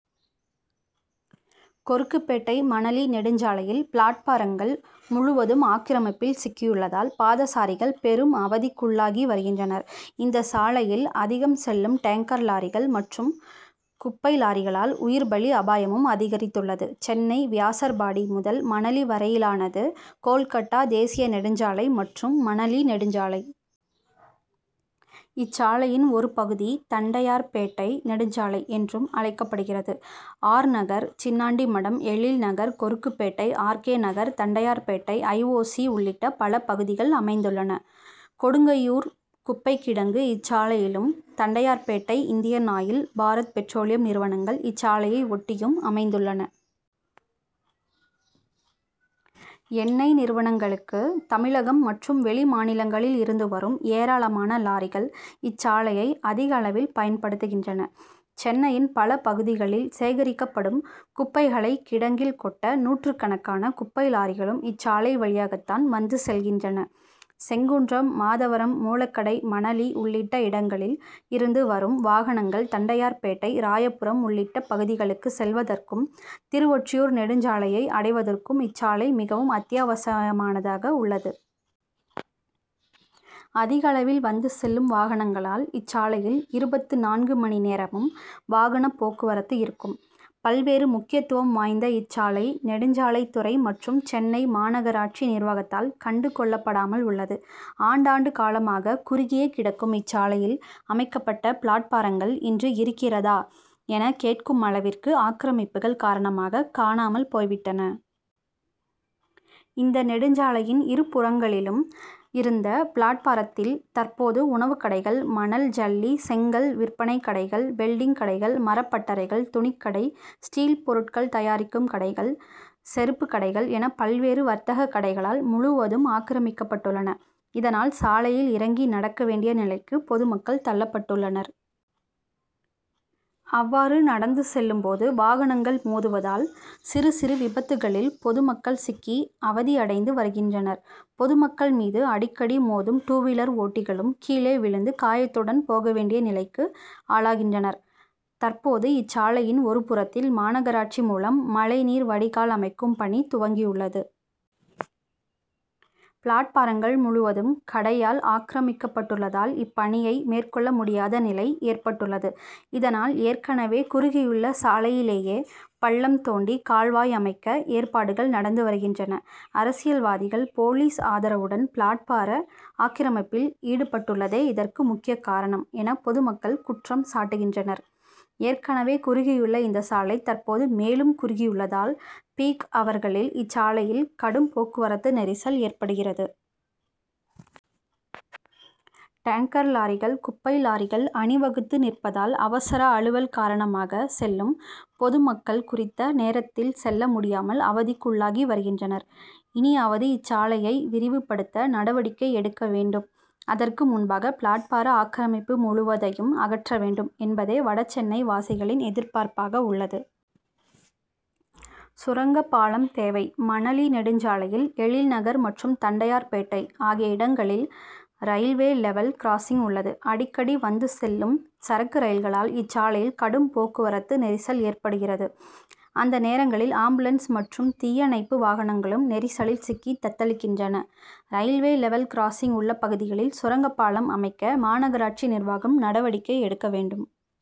கொருக்குப்பேட்டை மணலி நெடுஞ்சாலையில் பிளாட்பாரங்கள் முழுவதும் ஆக்கிரமிப்பில் சிக்கியுள்ளதால் பாதசாரிகள் பெரும் அவதிக்குள்ளாகிவருகின்றனர். இந்த சாலையில் அதிகம் செல்லும் டேங்கர் லாரிகள் மற்றும் குப்பை லாரிகளால் உயிர்பலி அபாயமும் அதிகரித்துள்ளது. சென்னை வியாசர்பாடி முதல் மணலி வரையிலானது கோல்கட்டா தேசிய நெடுஞ்சாலை மற்றும் மணலி நெடுஞ்சாலை. இச்சாலையின் ஒரு பகுதி தண்டையார்பேட்டை நெடுஞ்சாலை என்றும் அழைக்கப்படுகிறது. ஆர். நகர், சின்னான்டி மடம், Ezhil Nagar, Korukkupet, R. K. Nagar, Tondiarpet, I. O. C. உள்ளிட்ட பல பகுதிகள் அமைந்துள்ளன. கொடுங்கையூர் குப்பைக் கிடங்கு இச்சாலையிலும், Tondiarpet Indian Oil, Bharat Petroleum நிறுவனங்கள் இச்சாலையை ஒட்டியும் அமைந்துள்ளன. எண்ணெய் நிறுவனங்களுக்கு தமிழகம் மற்றும் வெளிமாநிலங்களில் இருந்து வரும் ஏராளமான லாரிகள் இச்சாலையை அதிகளவில் பயன்படுத்துகின்றன. சென்னையின் பல பகுதிகளில் சேகரிக்கப்படும் குப்பைகளை கிடங்கில் கொட்ட நூற்றுக்கணக்கான குப்பை லாரிகளும் இச்சாலை வழியாகத்தான் வந்து செல்கின்றன. செங்குன்றம், மாதவரம், மூலக்கடை, மணலி உள்ளிட்ட இடங்களில் இருந்து வரும் வாகனங்கள் தண்டையார்பேட்டை, ராயபுரம் உள்ளிட்ட பகுதிகளுக்கு செல்வதற்கும், திருவொற்றியூர் நெடுஞ்சாலையை அடைவதற்கும் இச்சாலை மிகவும் அத்தியாவசியமானதாக உள்ளது. அதிகளவில் வந்து செல்லும் வாகனங்களால் இச்சாலையில் இருபத்து நான்கு மணி நேரமும் வாகனப் போக்குவரத்து இருக்கும். பல்வேறு முக்கியத்துவம் வாய்ந்த இச்சாலை, நெடுஞ்சாலைத்துறை மற்றும் சென்னை மாநகராட்சி நிர்வாகத்தால் கண்டுகொள்ளப்படாமல் உள்ளது. ஆண்டாண்டு காலமாக குறுகியே கிடக்கும் இச்சாலையில் அமைக்கப்பட்ட பிளாட்பாரங்கள் இன்று இருக்கிறதா என கேட்கும் அளவிற்கு ஆக்கிரமிப்புகள் காரணமாக காணாமல் போய்விட்டன. இந்த நெடுஞ்சாலையின் இரு புறங்களிலும் இருந்த பிளாட்பாரத்தில் தற்போது உணவுக் கடைகள், மணல், ஜல்லி, செங்கல் விற்பனைக் கடைகள், வெல்டிங் கடைகள், மரப் பட்டறைகள், துணிக்கடை, ஸ்டீல் பொருட்கள் தயாரிக்கும் கடைகள், செருப்புக் கடைகள் என பல்வேறு வர்த்தகக் கடைகளால் முழுவதும் ஆக்கிரமிக்கப்பட்டுள்ளன. இதனால் சாலையில் இறங்கி நடக்க வேண்டிய நிலைக்கு பொதுமக்கள் தள்ளப்பட்டுள்ளனர். அவ்வாறு நடந்து செல்லும்போது வாகனங்கள் மோதுவதால் சிறுசிறு விபத்துகளில் பொது மக்கள் சிக்கி அவதியடைந்து வருகின்றனர். பொதுமக்கள் மீது அடிக்கடி மோதும் டூவீலர் ஓட்டிகளும் கீழே விழுந்து காயத்துடன் போக வேண்டிய நிலைக்கு ஆளாகின்றனர். தற்போது இச்சாலையின் ஒருபுறத்தில் மாநகராட்சி மூலம் மழைநீர் வடிகால் அமைக்கும் பணி துவங்கியுள்ளது. பிளாட்பாரங்கள் முழுவதும் கடையால் ஆக்கிரமிக்கப்பட்டுள்ளதால் இப்பணியை மேற்கொள்ள முடியாத நிலை ஏற்பட்டுள்ளது. இதனால் ஏற்கனவே குறுகியுள்ள சாலையிலேயே பள்ளம்தோண்டி கால்வாய் அமைக்க ஏற்பாடுகள் நடந்து வருகின்றன. அரசியல்வாதிகள், போலீஸ் ஆதரவுடன் பிளாட்பார ஆக்கிரமிப்பில் ஈடுபட்டுள்ளதே இதற்கு முக்கிய காரணம் என பொதுமக்கள் குற்றம் சாட்டுகின்றனர். ஏற்கனவே குறுகியுள்ள இந்த சாலை தற்போது மேலும் குறுகியுள்ளதால் பீக் -அவர்களில் இச்சாலையில் கடும்போக்குவரத்து நெரிசல் ஏற்படுகிறது. டேங்கர் லாரிகள், குப்பை லாரிகள் அணிவகுத்து நிற்பதால் அவசர அலுவல் காரணமாக செல்லும் பொதுமக்கள் குறித்த நேரத்திற்கு செல்ல முடியாமல் அவதிக்குள்ளாகி வருகின்றனர். இனியாவது இச்சாலையை விரிவுபடுத்த நடவடிக்கை எடுக்க வேண்டும். அதற்கு முன்பாக பிளாட்பார ஆக்கிரமிப்பு முழுவதையும் அகற்றவேண்டும் என்பதே வடசென்னை வாசிகளின் எதிர்பார்ப்பாக உள்ளது. சுரங்கப்பாலம் தேவை! மணலி நெடுஞ்சாலையில் எழில்நகர் மற்றும் தண்டையார்பேட்டை ஆகிய இடங்களில் ரயில்வே லெவல் கிராசிங் உள்ளது. அடிக்கடி வந்து செல்லும் சரக்கு ரயில்களால் இச்சாலையில் கடும்போக்குவரத்து நெரிசல் ஏற்படுகிறது. அந்த நேரங்களில் ஆம்புலன்ஸ் மற்றும் தீயணைப்பு வாகனங்களும் நெரிசலில் சிக்கி தத்தளிக்கின்றன. ரயில்வே லெவல் கிராசிங் உள்ள பகுதிகளில் சுரங்க பாலம் அமைக்க மாநகராட்சி நிர்வாகம் நடவடிக்கை எடுக்கவேண்டும்.